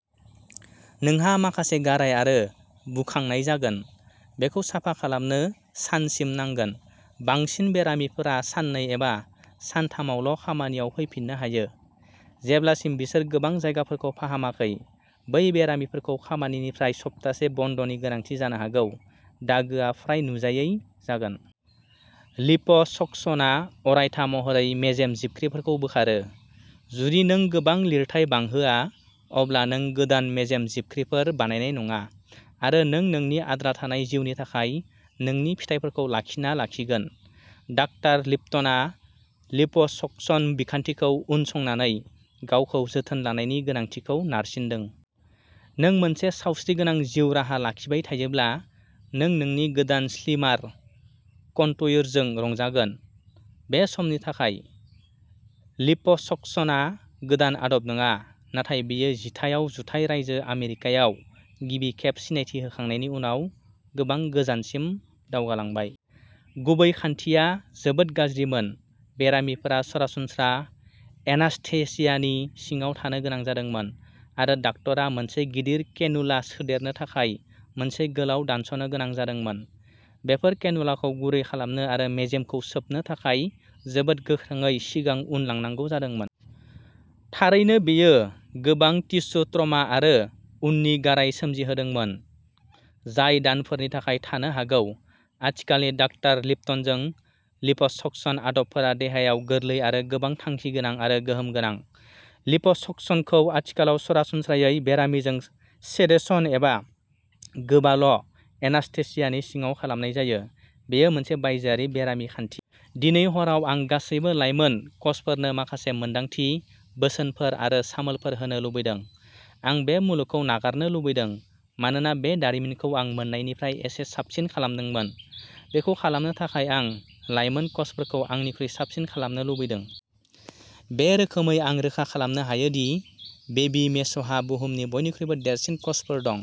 नोंहा माखासे गाराय आरो बुखांनाय जागोन; बेखौ साफा खालामनो सानसिम नांगोन। बांसिन बेरामिफोरा साननै एबा सानथामावल'खामानियाव फैफिननो हायो, जेब्लासिम बिसोर गोबां जायगाफोरखौ फाहामाखै। बै बेरामिफोरखौ खामानिनिफ्राय सप्तासे बन्दनि गोनांथि जानो हागौ। दागोआ फ्राय नुजायै जागोन। लिप'सकसनआ अरायथा महरै मेजेम जिबख्रिफोरखौ बोखारो। जुदि नों गोबां लिरथाय बांहोआ, अब्ला नों गोदान मेजेम जिबख्रिफोर बानायनाय नङा आरो नों नोंनि आद्रा थानाय जिउनि थाखाय नोंनि फिथायफोरखौ लाखिना लाखिगोन। डा. लिपटनआ लिप'सकसन बिखान्थिखौ उनसंनानै गावखौ जोथोन लानायनि गोनांथिखौ नारसिनदों। नों मोनसे सावस्रिगोनां जिउ राहा लाखिबाय थायोब्ला, नों नोंनि गोदान स्लिमार कनट्युरजों रंजागोन। बे समनि थाखाय। लिप'सक्सनआ गोदान आदब नङा, नाथाय बेयो जिथाइयाव जुथाइ रायजो आमेरिकायाव गिबि खेब सिनायथि होखांनायनि उनाव गोबां गोजानसिम दावगालांबाय। गुबै खान्थिया जोबोद गाज्रिमोन। बेरामिफोरा सरासनस्रा एनास्थेसियानि सिङाव थानो गोनां जादोंमोन, आरो डाक्ट'रा मोनसे गिदिर केनुला सोदेरनो थाखाय मोनसे गोलाव दानस'नो गोनां जादोंमोन। बेफोर केनुलाखौ गुरै खालामनो आरो मेजेमखौ सोबनो थाखाय जोबोद गोख्रोङै सिगां-उन लांनांगौ जादोंमोन। थारैनो, बेयो गोबां टिस्यु ट्रमा आरो उननि गाराय सोमजिहोदोंमोन जाय दानफोरनि थाखाय थानो हागौ। आथिखालनि डॉ. लिप्टनजों लिप'सक्सन आदबफोरा देहायाव गोरलै आरो गोबां थांखिगोनां आरो गोहोम गोनां। लिप'सक्सनखौ आथिखालाव सरासनस्रायै बेरामिजों सेडेशन एबा "गोबाल'" एनास्थेसियानि सिङाव खालामनाय जायो; बेयो मोनसे बायजोआरि बेरामि खान्थि। दिनै हराव आं गासैबो लाइमोन कचफोरनो माखासे मोनदांथि, बोसोनफोर आरो सामोलफोर होनो लुबैदों। आं बे मुलुगखौ नागारनो लुबैदों, मानोना बे दारिमिनखौ आं मोन्नायनिफ्राय एसे साबसिन खालामदोंमोन। बेखौ खालामनो थाखाय आं लाइमोन कचफोरखौ आंनिख्रुइ साबसिन खालामनो लुबैदों। बे रोखोमै आं रोखा खालामनो हायो दि बेबी मेशहा बुहुमनि बयनिख्रुइबो देरसिन कचफोर दं।